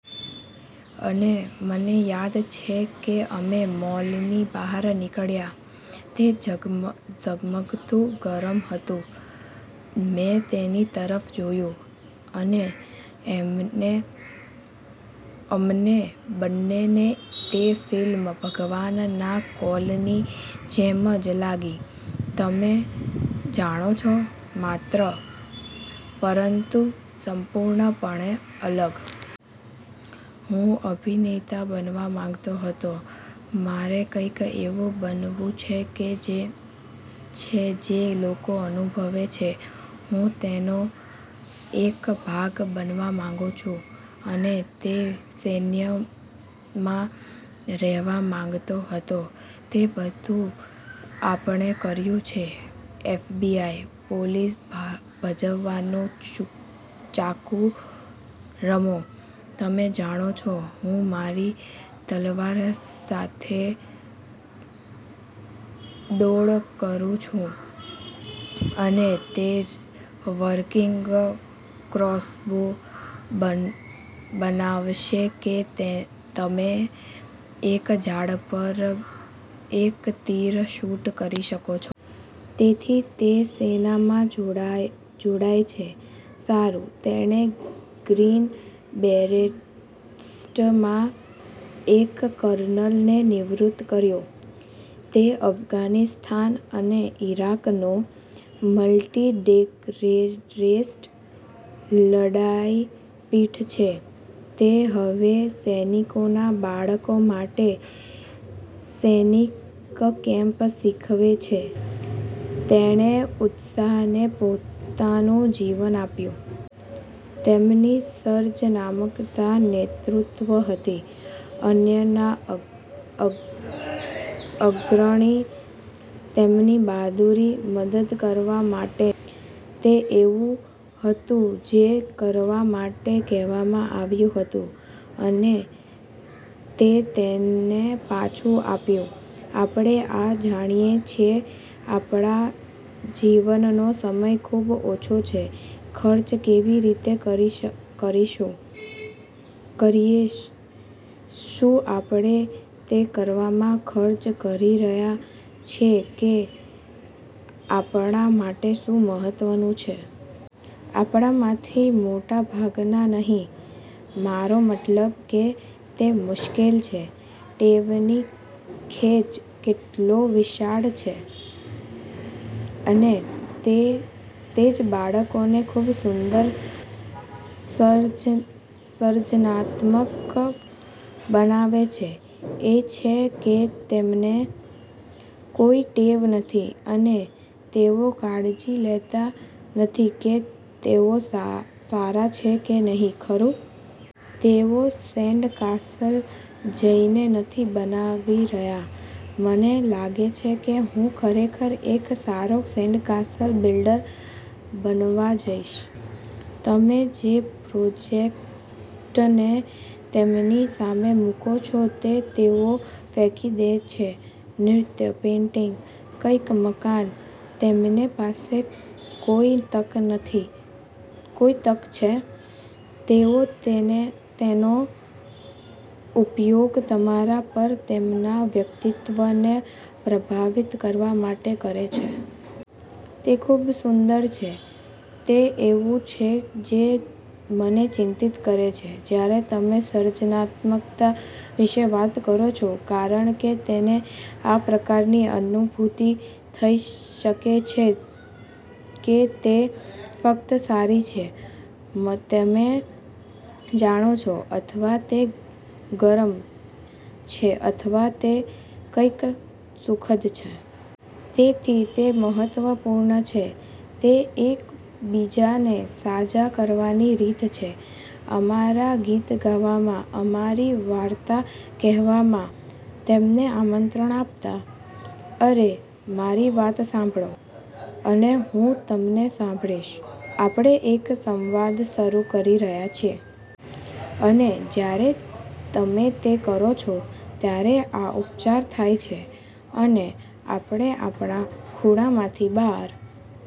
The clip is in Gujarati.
અને મને યાદ છે કે અમે મોલની બહાર નીકળ્યા, તે ઝગમગતું ગરમ હતું, મેં તેની તરફ જોયું, અને અમને બંનેને તે ફિલ્મ ભગવાનના કોલની જેમ જ લાગી. તમે જાણો છો? માત્ર... પરંતુ સંપૂર્ણપણે અલગ. હું અભિનેતા બનવા માંગતો હતો. મારે કંઈક એવું બનવું છે જે લોકો અનુભવે છે. હું તેનો એક ભાગ બનવા માંગું છું. અને તે સૈન્યમાં રહેવા માંગતો હતો. તે બધું આપણે કર્યું છે, એફબીઆઈ, પોલીસ ભજવવાનું ચાકુ રમો, તમે જાણો છો, હું મારી તલવાર સાથે ડોળ કરું છું, અને તે વર્કિંગ ક્રોસબો બનાવશે કે તમે એક ઝાડ પર એક તીર શૂટ કરી શકો છો. તેથી તે સેનામાં જોડાય છે. સારું, તેણે ગ્રીન બેરેટ્સમાં એક કર્નલને નિવૃત્ત કર્યો. તે અફઘાનિસ્તાન અને ઇરાકનો મલ્ટિડેકરેટેડ લડાઇ પીઢ છે. તે હવે સૈનિકોના બાળકો માટે સૈનિક કેમ્પ શીખવે છે. તેણે ઉત્સાહને પોતાનું જીવન આપ્યું. તેમની સર્જનાત્મકતા નેતૃત્વ હતી, અન્યના અગ્રણી, તેમની બહાદુરી, મદદ કરવા માટે. તે એવું હતું જે કરવા માટે કહેવામાં આવ્યું હતું, અને। તે તેને પાછું આપ્યું. આપણે આ જાણીએ છીએ આપણા જીવનનો સમય ખૂબ ઓછો છે, ખર્ચ કેવી રીતે કરીએ શું આપણે તે કરવામાં ખર્ચ કરી રહ્યા છીએ કે આપણા માટે શું મહત્વનું છે? આપણામાંથી મોટા ભાગના નહી. મારો મતલબ કે તે મુશ્કેલ છે. ટેવની ખેંચ એટલો વિશાળ છે, અને તે જ બાળકોને ખૂબ સુંદર સર્જનાત્મક બનાવે છે, એ છે કે તેમને કોઈ ટેવ નથી, અને તેઓ કાળજી લેતા નથી કે તેઓ સારા છે કે નહીં, ખરું? તેઓ સેન્ડકાસલ જઈને નથી બનાવી રહ્યા, "મને લાગે છે કે હું ખરેખર એક સારો સેન્ડકાસલ બિલ્ડર બનવા જઈશ. " તમે જે પ્રોજેક્ટને તેમની સામે મુકો છો તે તેઓ ફેંકી દે છે નૃત્ય, પેઇન્ટિંગ, કંઈક મકાન: તેમની પાસે કોઈ તક છે, તેઓ તેનો ઉપયોગ તમારા પર તેમના વ્યક્તિત્વને પ્રભાવિત કરવા માટે કરે છે. તે ખુબ સુંદર છે. તે એવું છે જે મને ચિંતિત કરે છે જ્યારે તમે સર્જનાત્મકતા વિશે વાત કરો છો, કારણ કે તેને આ પ્રકારની અનુભૂતિ થઈ શકે છે કે તે ફક્ત સારી છે, તમે જાણો છો, અથવા તે ગરમ છે અથવા તે કંઈક સુખદ છે. તે નથી. તે મહત્વપૂર્ણ છે. તે એકબીજાને સાજા કરવાની રીત છે. અમારા ગીત ગાવામાં, અમારી વાર્તા કહેવામાં, તમને આમંત્રણ આપતાં, "અરે, મારી વાત સાંભળો, અને હું તમને સાંભળીશ," આપણે એક સંવાદ શરૂ કરી રહ્યા છીએ. અને જ્યારે તમે તે કરો છો, ત્યારે આ ઉપચાર થાય છે, અને આપણે આપણા ખૂણામાંથી બહાર